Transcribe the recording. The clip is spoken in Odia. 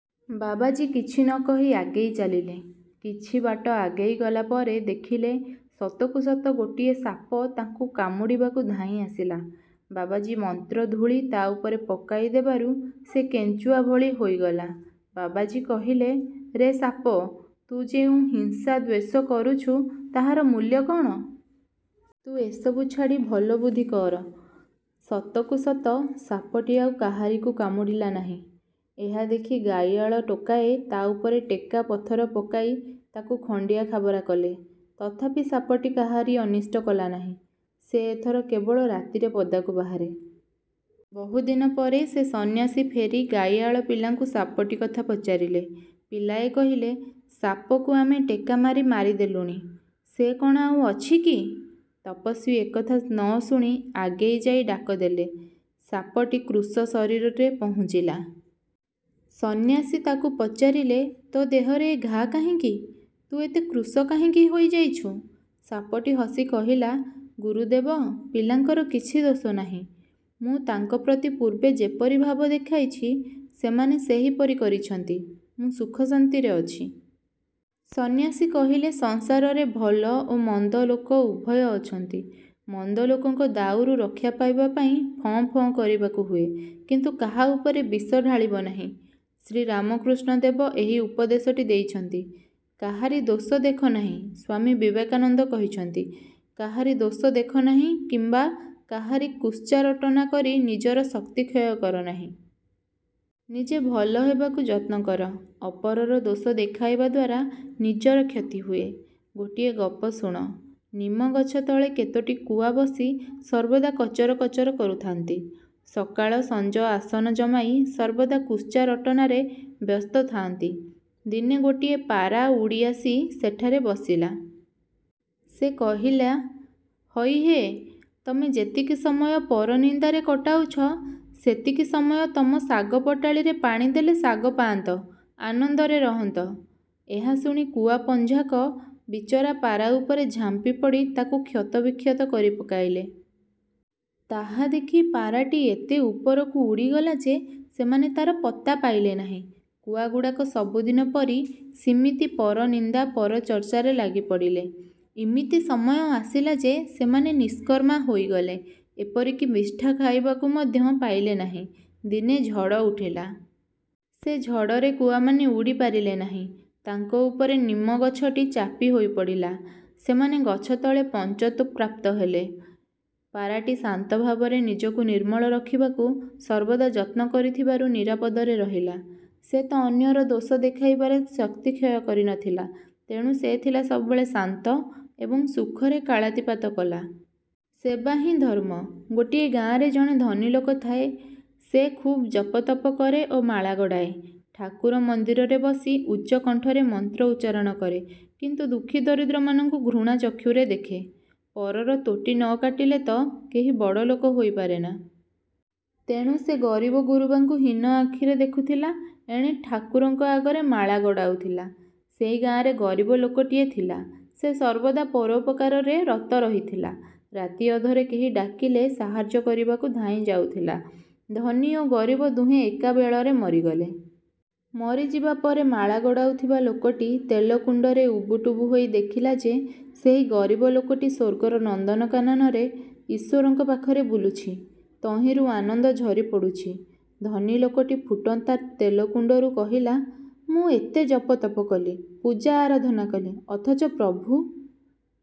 ' ବାବାଜୀ କିଛି ନ କହି ଆଗେଇ ଚାଲିଲେ। କିଛି ବାଟ ଆଗେଇ ଗଲା ପରେ ଦେଖିଲେ ସତକୁ ସତ ଗୋଟିଏ ସାପ ତାଙ୍କୁ କାମୁଡ଼ିବାକୁ ଧାଇଁ ଆସିଲା। ବାବାଜୀ ମନ୍ତ୍ରଧୂଳି ତା'ଉପରେ ପକାଇ ଦେବାରୁ ସେ କେଞ୍ଚୁଆ ଭଳି ହୋଇଗଲା। ବାବାଜୀ କହିଲେ-'ରେ ସାପ, ତୁ ଯେଉଁ ହିଂସା-ଦ୍ୱେଷ କରୁଛୁ, ତାହାର ମୂଲ୍ୟ କ'ଣ? ତୁ ଏସବୁ ଛାଡ଼ି ଭଲ ବୁଦ୍ଧି କର। ' ସତକୁ ସତ, ସାପଟି ଆଉ କାହାରିକୁ କାମୁଡ଼ିଲା ନାହିଁ। ଏହା ଦେଖି ଗାଈଆଳ ଟୋକାଏ ତା'ଉପରେ ଟେକା-ପଥର ପକାଇ ତାକୁ ଖଣ୍ତିଆଖାବରା କଲେ। ତଥାପି ସାପଟି କାହାରି ଅନିଷ୍ଟ କଲା ନାହିଁ। ସେ ଏଥର କେବଳ ରାତିରେ ପଦାକୁ ବାହାରେ। ବହୁଦିନ ପରେ ସେ ସନ୍ନ୍ୟାସୀ ଫେରି ଗାଈଆଳ ପିଲାଙ୍କୁ ସାପଟି କଥା ପଚାରିଲେ। ପିଲାଏ କହିଲେ-''ସାପକୁ ଆମେ ଟେକା ମାରି ମାରିଦେଲୁଣି। ସେ କ'ଣ ଆଉ ଅଛି କି? '' ତପସ୍ୱୀ ଏ କଥା ନ ଶୁଣି ଆଗେଇ ଯାଇ ଡାକ ଦେଲେ। ସାପଟି କୃଶ ଶରୀରରେ ପହୁଞ୍ଚିଲା। ସନ୍ନ୍ୟାସୀ ତାକୁ ପଚାରିଲେ-'ତୋ ଦେହରେ ଏ ଘା' କାହିଁକି? ତୁ ଏତେ କୃଶ କାହିଁକି ହୋଇଯାଇଛୁ? ' ସାପଟି ହସି କହିଲା, ''ଗୁରୁଦେବ, ପିଲାଙ୍କର କିଛି ଦୋଷ ନାହିଁ। ମୁଁ ତାଙ୍କ ପ୍ରତି ପୂର୍ବେ ଯେପରି ଭାବ ଦେଖାଇଛି, ସେମାନେ ସେହିପରି କରିଛନ୍ତି। ମୁଁ ସୁଖ-ଶାନ୍ତିରେ ଅଛି। '' ସନ୍ନ୍ୟାସୀ କହିଲେ-'ସଂସାରରେ ଭଲ ଓ ମନ୍ଦଲୋକ ଉଭୟ ଅଛନ୍ତି। ମନ୍ଦଲୋକଙ୍କ ଦାଉରୁ ରକ୍ଷା ପାଇବା ପାଇଁ ଫଁ ଫଁ କରିବାକୁ ହୁଏ, କିନ୍ତୁ କାହା ଉପରେ ବିଷ ଢାଳିବ ନାହିଁ। ' ଶ୍ରୀରାମକୃଷ୍ଣ ଦେବ ଏହି ଉପଦେଶଟି ଦେଇଛନ୍ତି। କାହାରି ଦୋଷ ଦେଖ ନାହିଁ ସ୍ୱାମୀ ବିବେକାନନ୍ଦ କହିଛନ୍ତି-କାହାରି ଦୋଷ ଦେଖ ନାହିଁ କିମ୍ୱା କାହାରି କୁତ୍ସାରଟନା କରି ନିଜର ଶକ୍ତିକ୍ଷୟ କର ନାହିଁ। ନିଜେ ଭଲ ହେବାକୁ ଯତ୍ନ କର। ଅପରର ଦୋଷ ଦେଖାଇବା ଦ୍ୱାରା ନିଜର କ୍ଷତି ହୁଏ। ଗୋଟିଏ ଗପ ଶୁଣ। ନିମଗଛ ତଳେ କେତୋଟି କୁଆ ବସି ସର୍ବଦା କଚର କଚର କରୁଥାନ୍ତି। ସକାଳ ସଞ୍ଜ ଆସନ ଜମାଇ ସର୍ବଦା କୁତ୍ସାରଟନାରେ ବ୍ୟସ୍ତ ଥାଆନ୍ତି। ଦିନେ ଗୋଟିଏ ପାରା ଉଡ଼ି ଆସି ସେଠାରେ ବସିଲା। ସେ କହିଲା, ''ହଇହେ, ତମେ ଯେତିକି ସମୟ ପରନିନ୍ଦାରେ କଟାଉଛ, ସେତିକି ସମୟ ତମ ଶାଗ ପଟାଳିରେ ପାଣି ଦେଲେ ଶାଗ ପାଆନ୍ତ। ଆନନ୍ଦରେ ରହନ୍ତ। '' ଏହା ଶୁଣି କୁଆ ପଞ୍ଝାକ ବିଚରା ପାରା ଉପରେ ଝାମ୍ପି ପଡ଼ି ତାକୁ କ୍ଷତବିକ୍ଷତ କରି ପକାଇଲେ। ତାହା ଦେଖି ପାରାଟି ଏତେ ଉପରକୁ ଉଡ଼ିଗଲା ଯେ ସେମାନେ ତାର ପତ୍ତା ପାଇଲେ ନାହିଁ। କୁଆଗୁଡ଼ାକ ସବୁଦିନ ପରି ସିମିତି ପରନିନ୍ଦା-ପରଚର୍ଚ୍ଚାରେ ଲାଗିପଡ଼ିଲେ। ଇମିତି ସମୟ ଆସିଲା ଯେ ସେମାନେ ନିଷ୍କର୍ମା ହୋଇଗଲେ। ଏପରିକି ବିଷ୍ଠା ଖାଇବାକୁ ମଧ୍ୟ ପାଇଲେ ନାହିଁ। ଦିନେ ଝଡ଼ ଉଠିଲା। ସେ ଝଡ଼ରେ କୁଆମାନେ ଉଡ଼ି ପାରିଲେ ନାହିଁ। ତାଙ୍କ ଉପରେ ନିମଗଛଟି ଚାପିହୋଇ ପଡ଼ିଲା। ସେମାନେ ଗଛତଳେ ପଞ୍ଚତ୍ୱ ପ୍ରାପ୍ତ ହେଲେ। ପାରାଟି ଶାନ୍ତ ଭାବରେ ନିଜକୁ ନିର୍ମଳ ରଖିବାକୁ ସର୍ବଦା ଯତ୍ନ କରିଥିବାରୁ ନିରାପଦରେ ରହିଲା। ସେ ତ ଅନ୍ୟର ଦୋଷ ଦେଖାଇବାରେ ଶକ୍ତିକ୍ଷୟ କରି ନଥିଲା, ତେଣୁ ସେ ଥିଲା ସବୁବେଳେ ଶାନ୍ତ ଏବଂ ସୁଖରେ କାଳାତିପାତ କଲା। ସେବାହିଁ ଧର୍ମ ଗୋଟିଏ ଗାଁରେ ଜଣେ ଧନୀ ଲୋକ ଥାଏ। ସେ ଖୁବ୍ ଜପତପ କରେ ଓ ମାଳା ଗଡ଼ାଏ। ଠାକୁର ମନ୍ଦିରରେ ବସି ଉଚ୍ଚ କଣ୍ଠରେ ମନ୍ତ୍ର ଉଚ୍ଚାରଣ କରେ। କିନ୍ତୁ ଦୁଃଖୀ ଦରିଦ୍ରମାନଙ୍କୁ ଘୃଣା ଚକ୍ଷୁରେ ଦେଖେ! ପରର ତୋଟି ନ କାଟିଲେ ତ କେହି ବଡ଼ ଲୋକ ହୋଇପାରେନା। ତେଣୁ ସେ ଗରିବ ଗୁରୁବାଙ୍କୁ ହୀନ ଆଖିରେ ଦେଖୁଥିଲା, ଏଣେ ଠାକୁରଙ୍କ ଆଗରେ ମାଳା ଗଡ଼ାଉ ଥିଲା। ସେଇ ଗାଁରେ ଗରିବ ଲୋକଟିଏ ଥିଲା। ସେ ସର୍ବଦା ପରୋପକାରରେ ରତ ରହିଥିଲା। ରାତିଅଧରେ କେହି ଡାକିଲେ ସାହାଯ୍ୟ କରିବାକୁ ଧାଇଁ ଯାଉଥିଲା। ଧନୀ ଓ ଗରିବ ଦୁହେଁ ଏକାବେଳରେ ମରିଗଲେ। ମରିଯିବା ପରେ ମାଳା ଗଡ଼ାଉଥିବା ଲୋକଟି ତେଲକୁଣ୍ତରେ ଉବୁଟୁବୁ ହୋଇ ଦେଖିଲା ଯେ ସେହି ଗରିବ ଲୋକଟି ସ୍ୱର୍ଗର ନନ୍ଦନକାନନରେ ଈଶ୍ୱରଙ୍କ ପାଖରେ ବୁଲୁଛି। ତହିଁରୁ ତା'ର ଆନନ୍ଦ ଝରିପଡ଼ୁଛି। ଧନୀଲୋକଟି ଫୁଟନ୍ତା ତେଲକୁଣ୍ତରୁ କହିଲା, ''ମୁଁ ଏତେ ଜପ-ତପ କଲି, ପୂଜା-ଆରାଧନା କଲି, ଅଥଚ ପ୍ରଭୁ!